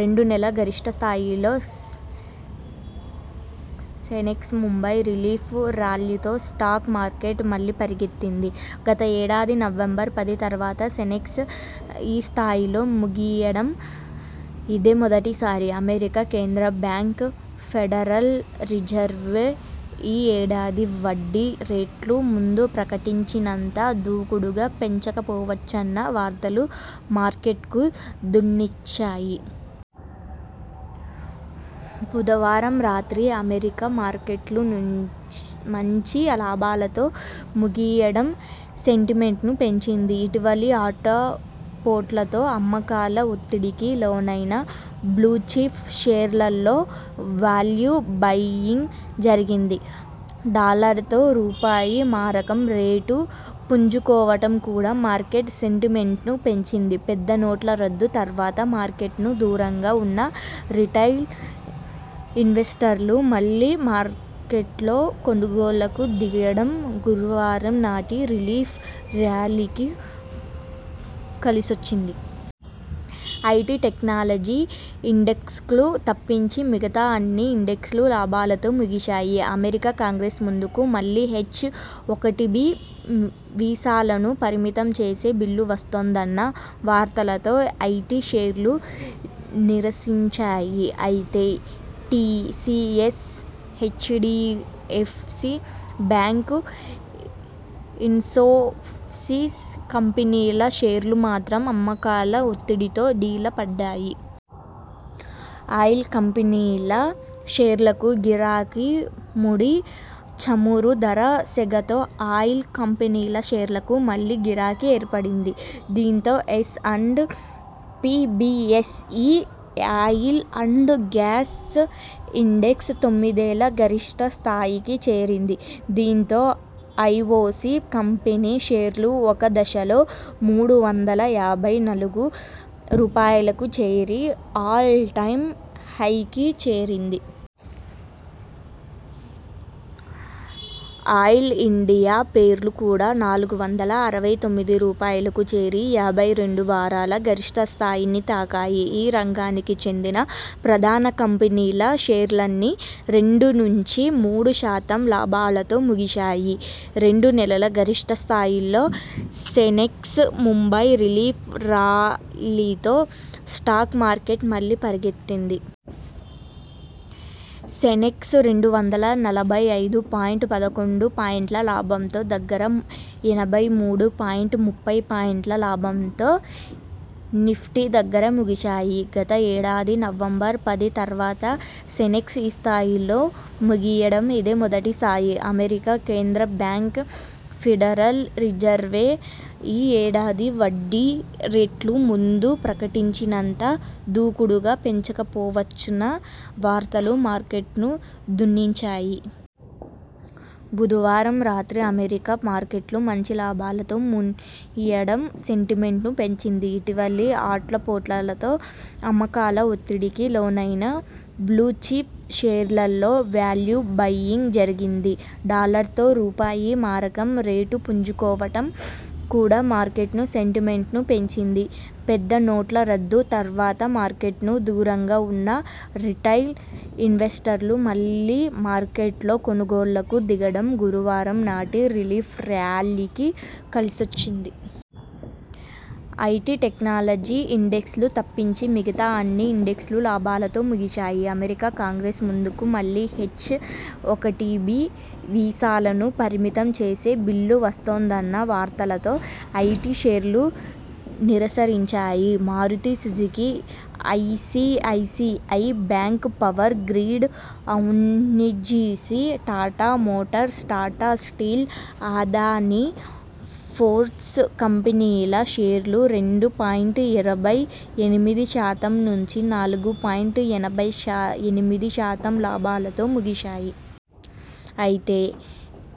రెండు నెలల గరిష్ఠ స్థాయిలో సెన్సెక్స్ ముంబై రిలీఫ్ ర్యాలీతో స్టాక్ మార్కెట్ మళ్లీ పరిగెత్తింది. గత ఏడాది నవంబర్ పది తర్వాత సెన్సెక్స్ ఈ స్థాయిలో ముగియడం ఇదే మొదటిసారి. అమెరికా కేంద్ర బ్యాంక్ 'ఫెడరల్ రిజర్వ్' ఈ ఏడాది వడ్డీ రేట్లు ముందు ప్రకటించినంత దూకుడుగా పెంచకపోవచ్చన్న వార్తలు మార్కెట్కు దన్నునిచ్చాయి. బుధవారం రాత్రి అమెరికా మార్కెట్లు మంచి లాభాలతో ముగియడం సెంటిమెంట్ను పెంచింది. ఇటీవలి ఆటుపోట్లతో అమ్మకాల ఒత్తిడికి లోనైన బ్లూచిప్ షేర్లలో వాల్యూ బైయింగ్ జరిగింది. డాలర్తో రూపాయి మారకం రేటు పుంజుకోవడం కూడా మార్కెట్ సెంటిమెంట్ను పెంచింది. పెద్ద నోట్ల రద్దు తర్వాత మార్కెట్కు దూరంగా ఉన్న రిటైల్ ఇన్వెస్టర్లు మళ్లీ మార్కెట్లో కొనుగోళ్లకు దిగడం గురువారం నాటి రిలీఫ్ ర్యాలీకి కలిసొచ్చింది. ఐటి, టెక్నాలజీ ఇండెక్స్లు తప్పించి మిగతా అన్ని ఇండెక్స్లు లాభాలతో ముగిశాయి. అమెరికా కాంగ్రెస్ ముందుకు మళ్లీ హెచ్-ఒకటిబి వీసాలను పరిమితం చేసే బిల్లు వస్తోందన్న వార్తలతో ఐటి షేర్లు నీరసించాయి. అయితే టిసిఎస్, హెచ్డిఎఫ్సి బ్యాంక్, ఇన్ఫోసిస్ కంపెనీల షేర్లు మాత్రం అమ్మకాల ఒత్తిడితో డీలా పడ్డాయి. ఆయిల్ కంపెనీల షేర్లకు గిరాకీ ముడి చమురు ధర సెగతో ఆయిల్ కంపెనీల షేర్లకు మళ్లీ గిరాకీ ఏర్పడింది. దీంతో S and P BSE Oil and Gas Index తొమ్మిదేళ్ల గరిష్ఠ స్థాయికి చేరింది. దీంతో ఐఒసి కంపెనీ షేర్లు ఒక దశలో మూడు వందల యాభై నాలుగు రూపాయలుకు చేరి ఆల్ టైమ్ హైకి చేరింది. ఆయిల్ ఇండియా షేర్లు కూడా నాలుగు వందల అరవై తొమ్మిది రూపాయలుకు చేరి యాభై రెండు వారాల గరిష్ఠ స్థాయిని తాకాయి. ఈ రంగానికి చెందిన ప్రధాన కంపెనీల షేర్లన్నీ రెండు నుంచి మూడు శాతం లాభాలతో ముగిశాయి. రెండు నెలల గరిష్ఠ స్థాయిలో సెన్సెక్స్ ముంబై రిలీఫ్ ర్యాలీతో స్టాక్ మార్కెట్ మళ్లీ పరిగెత్తింది. సెన్సెక్స్ రెండు వందల నలభై ఐదు పాయింట్ పదకొండు పాయింట్ల లాభంతో దగ్గర, ఎనభై మూడు పాయింట్ ముప్పై పాయింట్ల లాభంతో నిఫ్టీ దగ్గర ముగిశాయి. గత ఏడా ది నవంబర్ పది తర్వాత సెన్సెక్స్ ఈ స్థాయిలో ముగియడం ఇదే మొదటిసారి. అమెరికా కేంద్ర బ్యాంక్ 'ఫెడరల్ రిజర్వ్' ఈ ఏడాది వడ్డీ రేట్లు ముందు ప్రకటించినంత దూకుడుగా పెంచకపోవచ్చన్న వార్తలు మార్కెట్కు దన్నునిచ్చాయి. బుధవారం రాత్రి అమెరికా మార్కెట్లు మంచి లాభాలతో ముగియడం సెంటిమెంట్ను పెంచింది. ఇటీవలి ఆటుపోట్లతో అమ్మకాల ఒత్తిడికి లోనైన బ్లూచిప్ షేర్లలో వాల్యూ బైయింగ్ జరిగింది. డాలర్తో రూపాయి మారకం రేటు పుంజుకోవడం కూడా మార్కెట్ సెంటిమెంట్ను పెంచింది. పెద్ద నోట్ల రద్దు తర్వాత మార్కెట్కు దూరంగా ఉన్న రిటైల్ ఇన్వెస్టర్లు మళ్లీ మార్కెట్లో కొనుగోళ్లకు దిగడం గురువారం నాటి రిలీఫ్ ర్యాలీకి కలిసొచ్చింది. ఐటి, టెక్నాలజీ ఇండెక్స్లు తప్పించి మిగతా అన్ని ఇండెక్స్లు లాభాలతో ముగిశాయి. అమెరికా కాంగ్రెస్ ముందుకు మళ్లీ హెచ్-ఒకటిబి వీసాలను పరిమితం చేసే బిల్లు వస్తోందన్న వార్తలతో ఐటి షేర్లు నీరసించాయి. Maruti Suzuki, ICICI Bank, Power Grid, ONGC, Tata Motors, Tata Steel, Adani Ports కంపెనీల షేర్లు రెండు పాయింట్ ఇరవై ఎనిమిది శాతం నుంచి నాలుగు పాయింట్ ఎనభై ఎనిమిది శాతం లాభాలతో ముగిశాయి. అయితే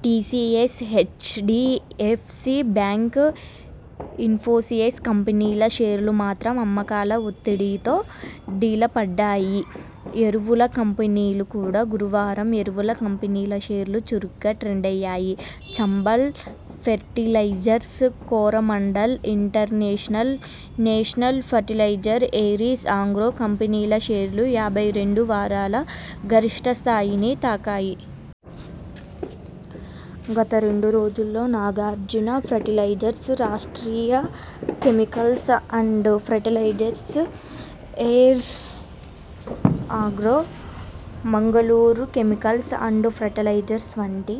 టిసిఎస్, హెచ్డిఎఫ్సి బ్యాంక్, ఇన్ఫోసిస్ కంపెనీల షేర్లు మాత్రం అమ్మకాల ఒత్తిడితో డీలాపడ్డాయి. ఎరువుల కంపెనీలు కూడా గురువారం ఎరువుల కంపెనీల షేర్లూ చురుగ్గా ట్రేడయ్యాయి. Chambal Fertilisers, Coromandel International, National Fertilisers, Aries Agro కంపెనీల షేర్లు యాభై రెండు వారాల గరిష్ఠ స్థాయిని తాకాయి. గత రెండు రోజుల్లో Nagarjuna Fertilisers, Rashtriya Chemicals and Fertilisers, Aries Agro, Mangaluru Chemicals and Fertilisers వంటి